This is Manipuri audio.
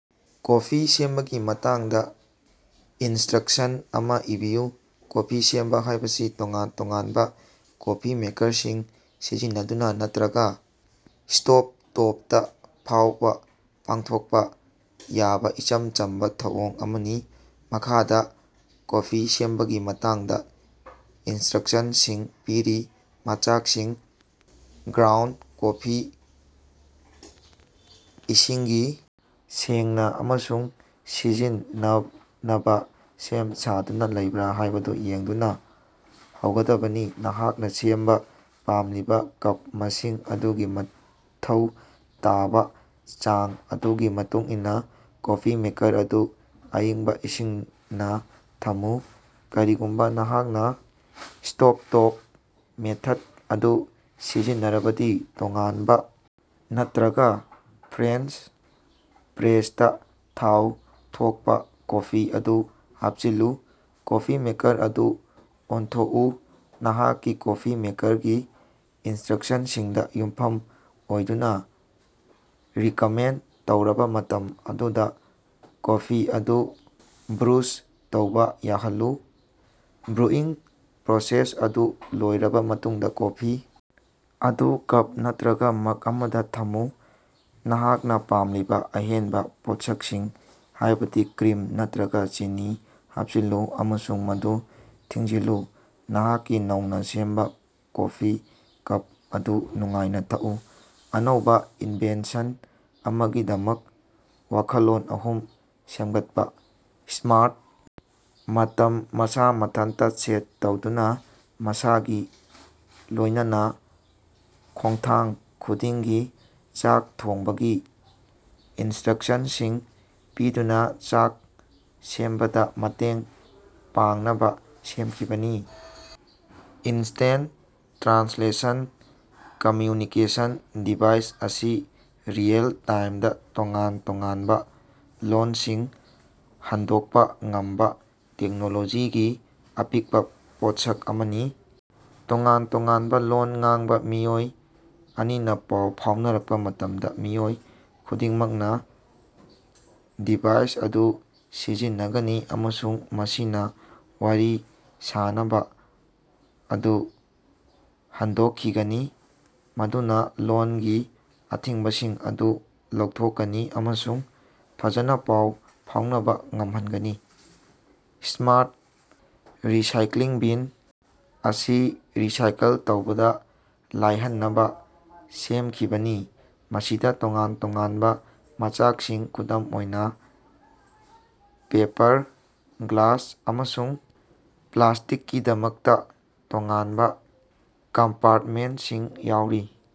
ꯀꯣꯐꯤ ꯁꯦꯝꯕꯒꯤ ꯃꯇꯥꯡꯗꯥ ꯏꯟꯁ꯭ꯠꯔꯛꯁꯟ ꯑꯃꯥ ꯏꯕꯤꯌꯨ꯫ ꯀꯣꯐꯤ ꯁꯦꯝꯕꯥ ꯍꯥꯏꯕꯁꯤ ꯇꯣꯉꯥꯟ ꯇꯣꯉꯥꯟꯕꯥ ꯀꯣꯐꯤ ꯃꯦꯀꯔꯁꯤꯡ ꯁꯤꯖꯤꯟꯅꯗꯨꯅꯥ ꯅꯠꯇ꯭ꯔꯒꯥ ꯁ꯭ꯇꯣꯕꯇꯣꯞꯇꯥ ꯐꯥꯎꯕꯥ ꯄꯥꯡꯊꯣꯛꯄꯥ ꯌꯥꯕꯥ ꯏꯆꯝ ꯆꯝꯕꯥ ꯊꯧꯑꯣꯡ ꯑꯃꯅꯤ꯫ ꯃꯈꯥꯗꯥ ꯀꯣꯐꯤ ꯁꯦꯝꯕꯒꯤ ꯃꯇꯥꯡꯗꯥ ꯏꯟꯁ꯭ꯠꯔꯛꯁꯟꯁꯤꯡ ꯄꯤꯔꯤ ꯃꯆꯥꯛꯁꯤꯡ ꯒ꯭ꯔꯥꯎꯟꯗ ꯀꯣꯐꯤ ꯏꯁꯤꯡꯒꯤ ꯁꯦꯡꯅꯥ ꯑꯃꯁꯨꯡ ꯁꯤꯖꯤꯟꯅꯅꯕꯥ ꯁꯦꯝ ꯁꯥꯗꯨꯅꯥ ꯂꯩꯕ꯭ꯔꯥ ꯍꯥꯏꯕꯗꯨ ꯌꯦꯡꯗꯨꯅꯥ ꯍꯧꯒꯗꯕꯅꯤ꯫ ꯅꯍꯥꯛꯅꯥ ꯁꯦꯝꯕꯥ ꯄꯥꯝꯂꯤꯕꯥ ꯀꯞ ꯃꯁꯤꯡ ꯑꯗꯨꯒꯤ ꯃꯊꯧ ꯇꯥꯕꯥ ꯆꯥꯡ ꯑꯗꯨꯒꯤ ꯃꯇꯨꯡꯏꯟꯅꯥ ꯀꯣꯐꯤ ꯃꯦꯀꯔ ꯑꯗꯨ ꯑꯏꯪꯕꯥ ꯏꯁꯤꯡꯅꯥ ꯊꯝꯃꯨ꯫ ꯀꯔꯤꯒꯨꯝꯕꯥ ꯅꯍꯥꯛꯅꯥ ꯁ꯭ꯇꯣꯕꯇꯣꯞ ꯃꯦꯊꯗ ꯑꯗꯨ ꯁꯤꯖꯤꯟꯅꯔꯕꯗꯤ, ꯇꯣꯉꯥꯟꯕꯥ ꯅꯠꯇ꯭ꯔꯒꯥ ꯐ꯭ꯔꯦꯟꯆ ꯄ꯭ꯔꯦꯁꯇꯥ ꯊꯥꯎ ꯊꯣꯛꯄꯥ ꯀꯣꯐꯤ ꯑꯗꯨ ꯍꯥꯞꯆꯤꯜꯂꯨ꯫ ꯀꯣꯐꯤ ꯃꯦꯀꯔ ꯑꯗꯨ ꯑꯣꯟꯊꯣꯛꯎ꯫ ꯅꯍꯥꯛꯀꯤ ꯀꯣꯐꯤ ꯃꯦꯀꯔꯒꯤ ꯏꯟꯁ꯭ꯠꯔꯛꯁꯟꯁꯤꯡꯗꯥ ꯌꯨꯝꯐꯝ ꯑꯣꯏꯗꯨꯅꯥ ꯔꯤꯀꯃꯦꯟꯠ ꯇꯧꯔꯕꯥ ꯃꯇꯝ ꯑꯗꯨꯗꯥ ꯀꯣꯐꯤ ꯑꯗꯨ ꯕ꯭ꯔꯨꯖ ꯇꯧꯕ ꯌꯥꯍꯜꯂꯨ꯫ ꯕ꯭ꯔꯨꯏꯪ ꯄ꯭ꯔꯣꯁꯦꯁ ꯑꯗꯨ ꯂꯣꯏꯔꯕꯥ ꯃꯇꯨꯡꯗꯥ, ꯀꯣꯐꯤ ꯑꯗꯨ ꯀꯞ ꯅꯠꯇ꯭ꯔꯒꯥ ꯃꯒ ꯑꯃꯗꯥ ꯊꯝꯃꯨ꯫ ꯅꯍꯥꯛꯅꯥ ꯄꯥꯝꯂꯤꯕꯥ ꯑꯍꯦꯟꯕꯥ ꯄꯣꯠꯁꯛꯁꯤꯡ, ꯍꯥꯏꯕꯗꯤ ꯀ꯭ꯔꯤꯝ ꯅꯠꯇ꯭ꯔꯒꯥ ꯆꯤꯅꯤ, ꯍꯥꯞꯆꯤꯜꯂꯨ ꯑꯃꯁꯨꯡ ꯃꯗꯨ ꯊꯤꯡꯖꯤꯜꯂꯨ꯫ ꯅꯍꯥꯛꯀꯤ ꯅꯧꯅꯥ ꯁꯦꯝꯕꯥ ꯀꯣꯐꯤ ꯀꯞ ꯑꯗꯨ ꯅꯨꯡꯉꯥꯏꯅꯥ ꯊꯛꯎ꯫ ꯑꯅꯧꯕꯥ ꯏꯟꯚꯦꯟꯁꯟ ꯑꯃꯒꯤꯗꯃꯛ ꯋꯥꯈꯜꯂꯣꯟ ꯑꯍꯨꯝ ꯁꯦꯝꯒꯠꯄꯥ꯫ ꯁ꯭ꯃꯥꯔꯠ ꯃꯇꯝ ꯃꯁꯥ ꯃꯊꯟꯇꯥ ꯁꯦꯠ ꯇꯧꯗꯨꯅꯥ, ꯃꯁꯥꯒꯤ ꯂꯣꯏꯅꯅꯥ ꯈꯣꯡꯊꯥꯡ ꯈꯨꯗꯤꯡꯒꯤ ꯆꯥꯛ ꯊꯣꯡꯕꯒꯤ ꯏꯟꯁ꯭ꯠꯔꯛꯁꯟꯁꯤꯡ ꯄꯤꯗꯨꯅꯥ ꯆꯥꯛ ꯁꯦꯝꯕꯗꯥ ꯃꯇꯦꯡ ꯄꯥꯡꯅꯕꯥ ꯁꯦꯝꯈꯤꯕꯅꯤ꯫ ꯏꯅꯁ꯭ꯇꯦꯟꯇ ꯇ꯭ꯔꯥꯟꯁꯂꯦꯁꯟ ꯀꯝꯃꯌꯨꯅꯤꯀꯦꯁꯟ ꯗꯤꯚꯥꯏꯁ ꯑꯁꯤ ꯔꯤꯑꯦꯜ-ꯇꯥꯏꯝꯗꯥ ꯇꯣꯉꯥꯟ ꯇꯣꯉꯥꯟꯕꯥ ꯂꯣꯟꯁꯤꯡ ꯍꯟꯗꯣꯛꯄꯥ ꯉꯝꯕꯥ ꯇꯦꯛꯅꯣꯂꯣꯖꯤꯒꯤ ꯑꯄꯤꯛꯄꯥ ꯄꯣꯠꯁꯛ ꯑꯃꯅꯤ꯫ ꯇꯣꯉꯥꯟ ꯇꯣꯉꯥꯟꯕꯥ ꯂꯣꯟ ꯉꯥꯡꯕꯥ ꯃꯤꯑꯣꯏ ꯑꯅꯤꯅꯥ ꯄꯥꯎ ꯐꯥꯎꯅꯔꯛꯄꯥ ꯃꯇꯝꯗꯥ ꯃꯤꯑꯣꯏ ꯈꯨꯗꯤꯡꯃꯛꯅꯥ ꯗꯤꯚꯥꯏꯁ ꯑꯗꯨ ꯁꯤꯖꯤꯟꯅꯒꯅꯤ ꯑꯃꯁꯨꯡ ꯃꯁꯤꯅꯥ ꯋꯥꯔꯤ ꯁꯥꯅꯕꯥ ꯑꯗꯨ ꯍꯟꯗꯣꯛꯈꯤꯒꯅꯤ, ꯃꯗꯨꯅꯥ ꯂꯣꯟꯒꯤ ꯑꯊꯤꯡꯕꯁꯤꯡ ꯑꯗꯨ ꯂꯧꯊꯣꯛꯀꯅꯤ ꯑꯃꯁꯨꯡ ꯐꯖꯅꯥ ꯄꯥꯎ ꯐꯥꯎꯅꯕꯥ ꯉꯝꯍꯟꯒꯅꯤ꯫ ꯁ꯭ꯃꯥꯔꯠ ꯔꯤꯁꯥꯏꯛꯂꯤꯡ ꯕꯤꯟ ꯑꯁꯤ ꯔꯤꯁꯥꯏꯀꯜ ꯇꯧꯕꯗꯥ ꯂꯥꯏꯍꯟꯅꯕꯥ ꯁꯦꯝꯈꯤꯕꯅꯤ, ꯃꯁꯤꯗꯥ ꯇꯣꯉꯥꯟ ꯇꯣꯉꯥꯟꯕꯥ ꯃꯆꯥꯛꯁꯤꯡ, ꯈꯨꯗꯝ ꯑꯣꯏꯅꯥ ꯄꯦꯄꯔ, ꯒ꯭ꯂꯥꯁ, ꯑꯃꯁꯨꯡ ꯄ꯭ꯂꯥꯁ꯭ꯇꯤꯛꯀꯤꯗꯃꯛꯇꯥ ꯇꯣꯉꯥꯟꯕꯥ ꯀꯝꯄꯥꯔꯇꯃꯦꯟꯠꯁꯤꯡ ꯌꯥꯎꯔꯤ꯫